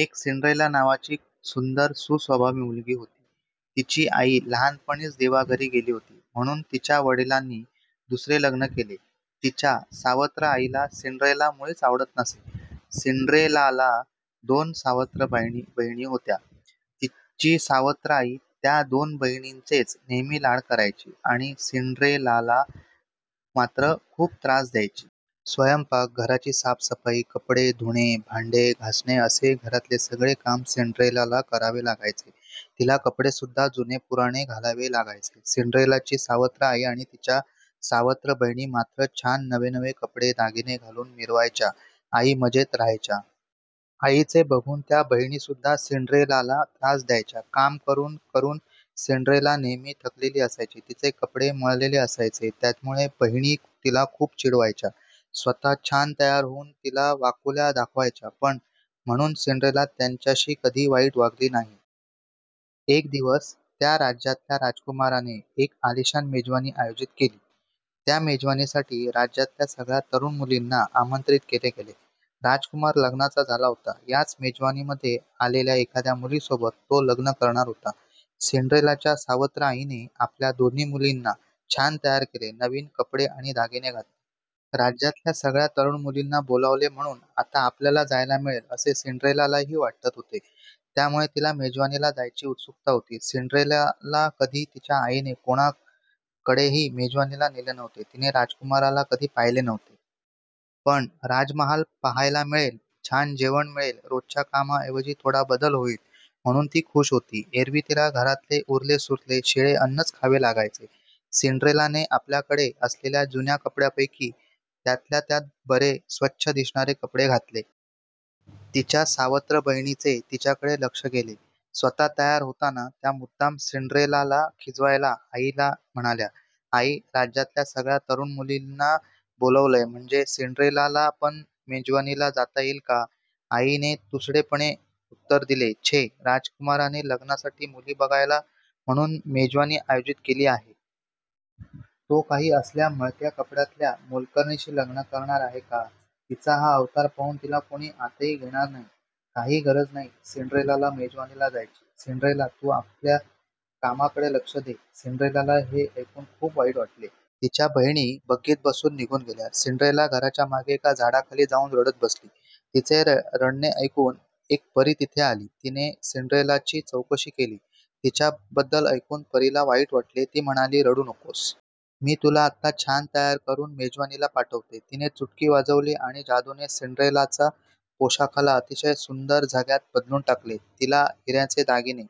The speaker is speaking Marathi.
एक सिंड्रेला नावाची सुंदर सुस्वभावी मुलगी होती. तिची आई लहानपणीच देवाघरी गेली होती. म्हणुन तिच्या वडिलांनी दुसरे लग्न केले. तिच्या सावत्र आईला सिंड्रेला मुळीच आवडत नसे. सिंड्रेलाला दोन सावत्र बहिणी होत्या. तिची सावत्र आई त्या दोन बहिणींचेच नेहमी लाड करायची, आणि सिंड्रेलाला मात्र खुप त्रास द्यायची. स्वयंपाक, घराची साफसफाई, कपडे धुणे, भांडे घासणे असे घरातले सगळे काम सिंड्रेलाला करावे लागायचे. तिला कपडे सुद्धा जुनेपुराणे घालावे लागायचे. सिंड्रेलाची सावत्र आई आणि तिच्या सावत्र बहिणी मात्र छान नवनवे कपडे दागिने घालुन मिरवायच्या आई मजेत राहायच्या. आईचे बघुन त्या बहिणीसुद्धा सिंड्रेलाला त्रास द्यायच्या. काम करून करून सिंड्रेला नेहमी थकलेली असायची, तिचे कपडे मळलेले असायचे, त्यामुळे बहिणी तिला खुप चिडवायच्या. स्वतः छान तयार होऊन तिला वाकुल्या दाखवायच्या. पण म्हणुन सिंड्रेला त्यांच्याशी कधी वाईट वागली नाही. एक दिवस त्या राज्यातल्या राजकुमाराने एक आलिशान मेजवानी आयोजित केली. त्या मेजवानीसाठी राज्यातल्या सगळ्या तरुण मुलींना आमंत्रित केले गेले. राजकुमार लग्नाचा झाला होता. याच मेजवानीमध्ये आलेल्या एखाद्या मुलीसोबत तो लग्न करणार होता. सिंड्रेलाच्या सावत्र आईने आपल्या दोन्ही मुलींना छान तयार केले, नवीन कपडे आणि दागिने घातले. राज्यातल्या सगळ्या तरुण मुलींना बोलावले म्हणुन आता आपल्याला जायला मिळेल असे सिंड्रेलालाही वाटत होते. त्यामुळे तिला मेजवानीला जायची उत्सुकता होती. सिंड्रेलाला कधी तिच्या आईने कोणाकडेही मेजवानीला नेले नव्हते. तिने राजकुमाराला कधी पाहिले नव्हते. पण राजमहाल पाहायला मिळेल, छान जेवण मिळेल, रोजच्या कामाऐवजी थोडा बदल होईल म्हणुन ती खुश होती. एरवी तिला घरातले उरलेसुरले शिळे अन्नच खावे लागायचे. सिंड्रेलाने आपल्याकडे असलेल्या जुन्या कपड्यांपैकी त्यातल्या त्यात बरे स्वच्छ दिसणारे कपडे घातले. तिच्या सावत्र बहिणींचे तिच्याकडे लक्ष गेले. स्वतः तयार होताना त्या मुद्दाम सिंड्रेलाला खिजवायला आईला म्हणाल्या. आई, राज्यातल्या सगळ्या तरुण मुलींना बोलावलंय म्हणजे सिंड्रेलाला पण मेजवानीला जाता येईल का? आईने तुसडेपणे उत्तर दिले. छे राजकुमाराने लग्नासाठी मुली बघायला म्हणुन मेजवानी आयोजित केली आहे. तो काही असल्या मळक्या कपड्यातल्या मोलकरणीशी लग्न करणार आहे का? तिचा हा अवतार पाहुन तिला कोणी आतही घेणार नाही. काही गरज नाही सिंड्रेलाला मेजवानीला जायची. सिंड्रेला तु आपल्या कामाकडे लक्ष दे. सिंड्रेलाला हे ऐकुन खुप वाईट वाटले. तिच्या बहिणी बग्गीत बसुन निघुन गेल्या. सिंड्रेला घराच्या मागे एका झाडाखाली जाऊन रडत बसली. तिचे रडणे ऐकुन एक परी तिथे आली. तिने सिंड्रेलाची चौकशी केली. तिच्याबद्दल ऐकुन परीला वाईट वाटले. ती म्हणाली. रडु नकोस. मी तुला आत्ता छान तयार करून मेजवानीला पाठवते. तिने चुटकी वाजवली आणि जादूने सिंड्रेलाचा पोशाखाला अतिशय सुंदर झग्यात बदलुन टाकले, तिला हिऱ्यांचे दागिने